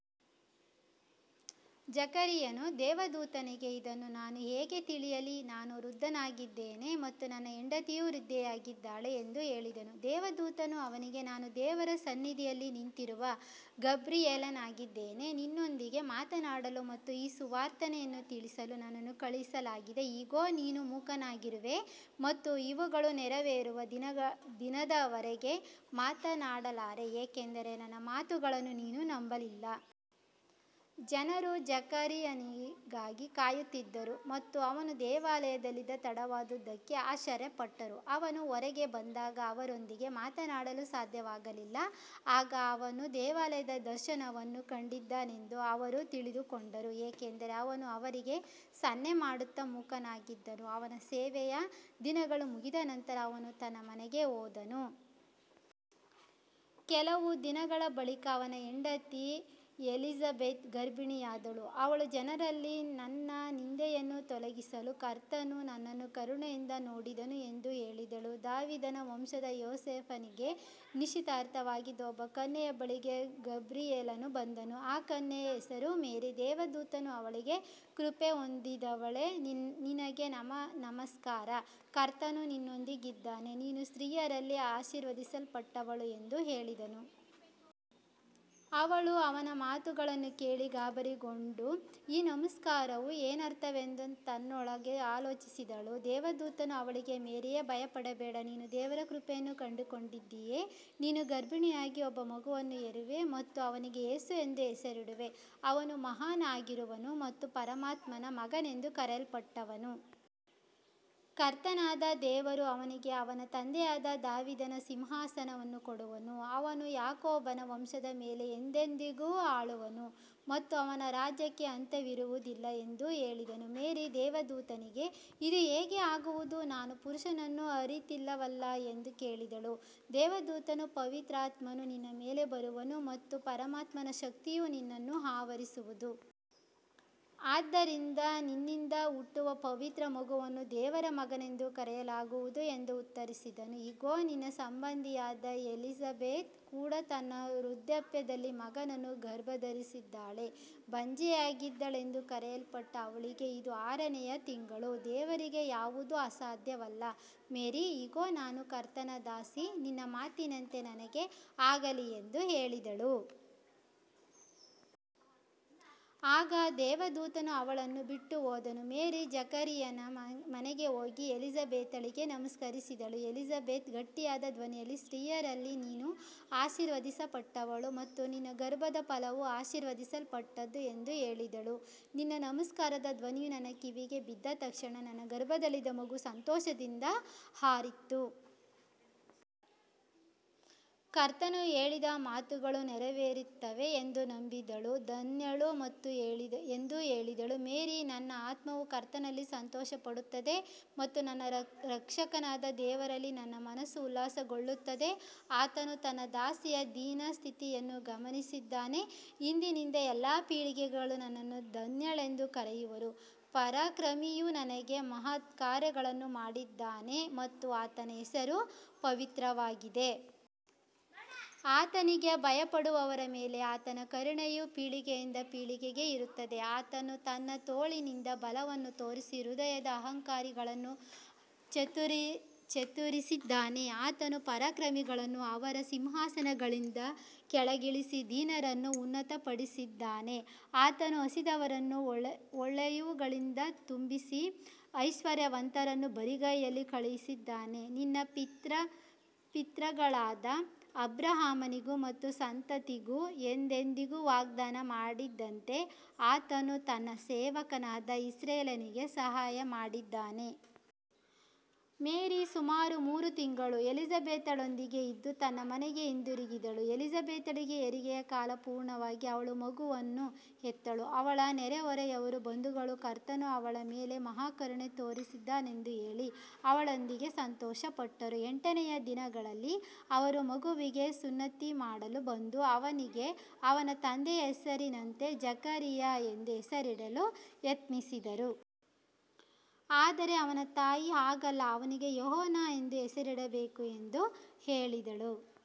ಜಕರೀಯನು ದೇವದೂತನಿಗೆ, ಇದನ್ನು ನಾನು ಹೇಗೆ ತಿಳಿಯಲಿ, ನಾನು ವೃದ್ಧನಾಗಿದ್ದೇನೆ ಮತ್ತು ನನ್ನ ಹೆಂಡತಿಯೂ ವೃದ್ಧೆಯಾಗಿದ್ದಾಳೆ ಎಂದು ಹೇಳಿದನು. ದೇವದೂತನು ಅವನಿಗೆ, ನಾನು ದೇವರ ಸನ್ನಿಧಿಯಲ್ಲಿ ನಿಂತಿರುವ ಗಬ್ರಿಯೇಲನಾಗಿದ್ದೇನೆ. ನಿನ್ನೊಂದಿಗೆ ಮಾತನಾಡಲು ಮತ್ತು ಈ ಸುವಾರ್ತೆಯನ್ನು ತಿಳಿಸಲು ನನ್ನನ್ನು ಕಳುಹಿಸಲಾಗಿದೆ. ಇಗೋ, ನೀನು ಮೂಕನಾಗಿರುವೆ ಮತ್ತು ಇವುಗಳು ನೆರವೇರುವ ದಿನದವರೆಗೆ ಮಾತನಾಡಲಾರೆ, ಏಕೆಂದರೆ ನನ್ನ ಮಾತುಗಳನ್ನು ನೀನು ನಂಬಲಿಲ್ಲ. ಜನರು ಜಕರೀಯನಿಗಾಗಿ ಕಾಯುತ್ತಿದ್ದರು ಮತ್ತು ಅವನು ದೇವಾಲಯದಲ್ಲಿ ತಡವಾದುದಕ್ಕೆ ಆಶ್ಚರ್ಯಪಟ್ಟರು. ಅವನು ಹೊರಗೆ ಬಂದಾಗ ಅವರೊಂದಿಗೆ ಮಾತನಾಡಲು ಸಾಧ್ಯವಾಗಲಿಲ್ಲ. ಆಗ ಅವನು ದೇವಾಲಯದಲ್ಲಿ ದರ್ಶನವನ್ನು ಕಂಡಿದ್ದಾನೆಂದು ಅವರು ತಿಳಿದುಕೊಂಡರು, ಏಕೆಂದರೆ ಅವನು ಅವರಿಗೆ ಸನ್ನೆಮಾಡುತ್ತಾ ಮೂಕನಾಗಿದ್ದನು. ಅವನ ಸೇವೆಯ ದಿನಗಳು ಮುಗಿದ ನಂತರ ಅವನು ತನ್ನ ಮನೆಗೆ ಹೋದನು. ಕೆಲವು ದಿನಗಳ ಬಳಿಕ ಅವನ ಹೆಂಡತಿ ಎಲಿಸಬೆತ್ ಗರ್ಭಿಣಿಯಾದಳು. ಅವಳು, ಜನರಲ್ಲಿ ನನ್ನ ನಿಂದೆಯನ್ನು ತೊಲಗಿಸಲು ಕರ್ತನು ನನ್ನನ್ನು ಕರುಣೆಯಿಂದ ನೋಡಿದನು ಎಂದು ಹೇಳಿದಳು. ದಾವೀದನ ವಂಶದ ಯೋಸೇಫನಿಗೆ ನಿಶ್ಚಿತಾರ್ಥವಾಗಿದ್ದ ಒಬ್ಬ ಕನ್ಯೆಯ ಬಳಿಗೆ ಗಬ್ರಿಯೇಲನು ಬಂದನು. ಆ ಕನ್ಯೆಯ ಹೆಸರು ಮೇರಿ. ದೇವದೂತನು ಅವಳಿಗೆ, ಕೃಪೆ ಹೊಂದಿದವಳೇ, ನಿನಗೆ ನಮಸ್ಕಾರ, ಕರ್ತನು ನಿನ್ನೊಂದಿಗಿದ್ದಾನೆ, ನೀನು ಸ್ತ್ರೀಯರಲ್ಲಿ ಆಶೀರ್ವದಿಸಲ್ಪಟ್ಟವಳು ಎಂದು ಹೇಳಿದನು. ಅವಳು ಅವನ ಮಾತುಗಳನ್ನು ಕೇಳಿ ಗಾಬರಿಗೊಂಡು, ಈ ನಮಸ್ಕಾರವು ಏನರ್ಥವೆಂದು ತನ್ನೊಳಗೆ ಆಲೋಚಿಸಿದಳು. ದೇವದೂತನು ಅವಳಿಗೆ, ಮೇರಿಯೇ, ಭಯಪಡಬೇಡ, ನೀನು ದೇವರ ಕೃಪೆಯನ್ನು ಕಂಡುಕೊಂಡಿದ್ದೀಯೆ. ನೀನು ಗರ್ಭಿಣಿಯಾಗಿ ಒಬ್ಬ ಮಗನನ್ನು ಹೆರುವೆ ಮತ್ತು ಅವನಿಗೆ ಯೇಸು ಎಂದು ಹೆಸರಿಡುವೆ. ಅವನು ಮಹಾನ್ ಆಗಿರುವನು ಮತ್ತು ಪರಮಾತ್ಮನ ಮಗನೆಂದು ಕರೆಯಲ್ಪಡುವನು. ಕರ್ತನಾದ ದೇವರು ಅವನಿಗೆ ಅವನ ತಂದೆಯಾದ ದಾವೀದನ ಸಿಂಹಾಸನವನ್ನು ಕೊಡುವನು. ಅವನು ಯಾಕೋಬನ ವಂಶದ ಮೇಲೆ ಎಂದೆಂದಿಗೂ ಆಳುವನು ಮತ್ತು ಅವನ ರಾಜ್ಯಕ್ಕೆ ಅಂತ್ಯವಿರುವುದಿಲ್ಲ ಎಂದು ಹೇಳಿದನು. ಮೇರಿ ದೇವದೂತನಿಗೆ, ಇದು ಹೇಗೆ ಆಗುವುದು, ನಾನು ಪುರುಷನನ್ನು ಅರಿತಿಲ್ಲವಲ್ಲ ಎಂದು ಕೇಳಿದಳು. ದೇವದೂತನು, ಪವಿತ್ರಾತ್ಮನು ನಿನ್ನ ಮೇಲೆ ಬರುವನು ಮತ್ತು ಪರಮಾತ್ಮನ ಶಕ್ತಿಯು ನಿನ್ನನ್ನು ಆವರಿಸುವುದು. ಆದ್ದರಿಂದ ನಿನ್ನಿಂದ ಹುಟ್ಟುವ ಪವಿತ್ರ ಮಗುವನ್ನು ದೇವರ ಮಗನೆಂದು ಕರೆಯಲಾಗುವುದು ಎಂದು ಉತ್ತರಿಸಿದನು. ಇಗೋ, ನಿನ್ನ ಸಂಬಂಧಿಯಾದ ಎಲಿಸಬೆತ್ ಕೂಡ ತನ್ನ ವೃದ್ಧಾಪ್ಯದಲ್ಲಿ ಮಗನನ್ನು ಗರ್ಭಧರಿಸಿದ್ದಾಳೆ. ಬಂಜೆಯಾಗಿದ್ದಾಳೆಂದು ಕರೆಯಲ್ಪಟ್ಟ ಅವಳಿಗೆ ಇದು ಆರನೆಯ ತಿಂಗಳು. ದೇವರಿಗೆ ಯಾವುದೂ ಅಸಾಧ್ಯವಲ್ಲ. ಮೇರಿ, ಇಗೋ, ನಾನು ಕರ್ತನ ದಾಸಿ, ನಿನ್ನ ಮಾತಿನಂತೆ ನನಗೆ ಆಗಲಿ ಎಂದು ಹೇಳಿದಳು. ಆಗ ದೇವದೂತನು ಅವಳನ್ನು ಬಿಟ್ಟುಹೋದನು. ಮೇರಿ ಜಕರೀಯನ ಮನೆಗೆ ಹೋಗಿ ಎಲಿಸಬೆತಳಿಗೆ ನಮಸ್ಕರಿಸಿದಳು. ಎಲಿಸಬೆತ್ ಗಟ್ಟಿಯಾದ ಧ್ವನಿಯಲ್ಲಿ, ಸ್ತ್ರೀಯರಲ್ಲಿ ನೀನು ಆಶೀರ್ವದಿಸಲ್ಪಟ್ಟವಳು ಮತ್ತು ನಿನ್ನ ಗರ್ಭದ ಫಲವೂ ಆಶೀರ್ವದಿಸಲ್ಪಟ್ಟದ್ದು ಎಂದು ಹೇಳಿದಳು. ನಿನ್ನ ನಮಸ್ಕಾರದ ಧ್ವನಿಯು ನನ್ನ ಕಿವಿಗೆ ಬಿದ್ದ ತಕ್ಷಣ, ನನ್ನ ಗರ್ಭದಲ್ಲಿದ್ದ ಮಗು ಸಂತೋಷದಿಂದ ಹಾರಿತು. ಕರ್ತನು ಹೇಳಿದ ಮಾತುಗಳು ನೆರವೇರುತ್ತವೆ ಎಂದು ನಂಬಿದವಳು ಧನ್ಯಳು ಎಂದು ಹೇಳಿದಳು. ಮೇರಿ, ನನ್ನ ಆತ್ಮವು ಕರ್ತನಲ್ಲಿ ಸಂತೋಷಪಡುತ್ತದೆ ಮತ್ತು ನನ್ನ ರಕ್ಷಕನಾದ ದೇವರಲ್ಲಿ ನನ್ನ ಮನಸ್ಸು ಉಲ್ಲಾಸಗೊಳ್ಳುತ್ತದೆ. ಆತನು ತನ್ನ ದಾಸಿಯ ದೀನಸ್ಥಿತಿಯನ್ನು ಗಮನಿಸಿದ್ದಾನೆ. ಇಂದಿನಿಂದ ಎಲ್ಲಾ ಪೀಳಿಗೆಗಳು ನನ್ನನ್ನು ಧನ್ಯಳೆಂದು ಕರೆಯುವರು. ಪರಾಕ್ರಮಿಯು ನನಗೆ ಮಹತ್ಕಾರ್ಯಗಳನ್ನು ಮಾಡಿದ್ದಾನೆ ಮತ್ತು ಆತನ ಹೆಸರು ಪವಿತ್ರವಾಗಿದೆ. ಆತನಿಗೆ ಭಯಪಡುವವರ ಮೇಲೆ ಆತನ ಕರುಣೆಯು ಪೀಳಿಗೆಯಿಂದ ಪೀಳಿಗೆಗೆ ಇರುತ್ತದೆ. ಆತನು ತನ್ನ ತೋಳಿನಿಂದ ಬಲವನ್ನು ತೋರಿಸಿ, ಹೃದಯದ ಅಹಂಕಾರಿಗಳನ್ನು ಚದುರಿಸಿದ್ದಾನೆ. ಆತನು ಪರಾಕ್ರಮಿಗಳನ್ನು ಅವರ ಸಿಂಹಾಸನಗಳಿಂದ ಕೆಳಗಿಳಿಸಿ, ದೀನರನ್ನು ಉನ್ನತಪಡಿಸಿದ್ದಾನೆ. ಆತನು ಹಸಿದವರನ್ನು ಒಳ್ಳೆಯವುಗಳಿಂದ ತುಂಬಿಸಿ, ಐಶ್ವರ್ಯವಂತರನ್ನು ಬರಿಗೈಯಲ್ಲಿ ಕಳುಹಿಸಿದ್ದಾನೆ. ನಮ್ಮ ಪಿತೃಗಳಾದ ಅಬ್ರಹಾಮನಿಗೂ ಅವನ ಸಂತತಿಗೂ ಎಂದೆಂದಿಗೂ ವಾಗ್ದಾನ ಮಾಡಿದಂತೆ, ಆತನು ತನ್ನ ಸೇವಕನಾದ ಇಸ್ರಾಯೇಲಿಗೆ ಸಹಾಯಮಾಡಿದ್ದಾನೆ. ಮೇರಿ ಸುಮಾರು ಮೂರು ತಿಂಗಳು ಎಲಿಸಬೆತಳೊಂದಿಗೆ ಇದ್ದು ತನ್ನ ಮನೆಗೆ ಹಿಂದಿರುಗಿದಳು. ಎಲಿಸಬೆತಳಿಗೆ ಹೆರಿಗೆಯ ಕಾಲ ಪೂರ್ಣವಾಗಿ ಅವಳು ಮಗನನ್ನು ಹೆತ್ತಳು. ಅವಳ ನೆರೆಹೊರೆಯವರೂ ಬಂಧುಗಳೂ ಕರ್ತನು ಅವಳ ಮೇಲೆ ಮಹಾ ಕರುಣೆ ತೋರಿದ್ದಾನೆಂದು ಕೇಳಿ ಅವಳೊಂದಿಗೆ ಸಂತೋಷಪಟ್ಟರು. ಎಂಟನೆಯ ದಿನದಲ್ಲಿ ಅವರು ಮಗುವಿಗೆ ಸುನ್ನತಿ ಮಾಡಲು ಬಂದು, ಅವನಿಗೆ ಅವನ ತಂದೆಯ ಹೆಸರಿನಂತೆ ಜಕರೀಯ ಎಂದು ಹೆಸರಿಡಲು ಯತ್ನಿಸಿದರು. ಆದರೆ ಅವನ ತಾಯಿ, ಹಾಗಲ್ಲ, ಅವನಿಗೆ ಯೋಹಾನ ಎಂದು ಹೆಸರಿಡಬೇಕು ಎಂದು ಹೇಳಿದಳು.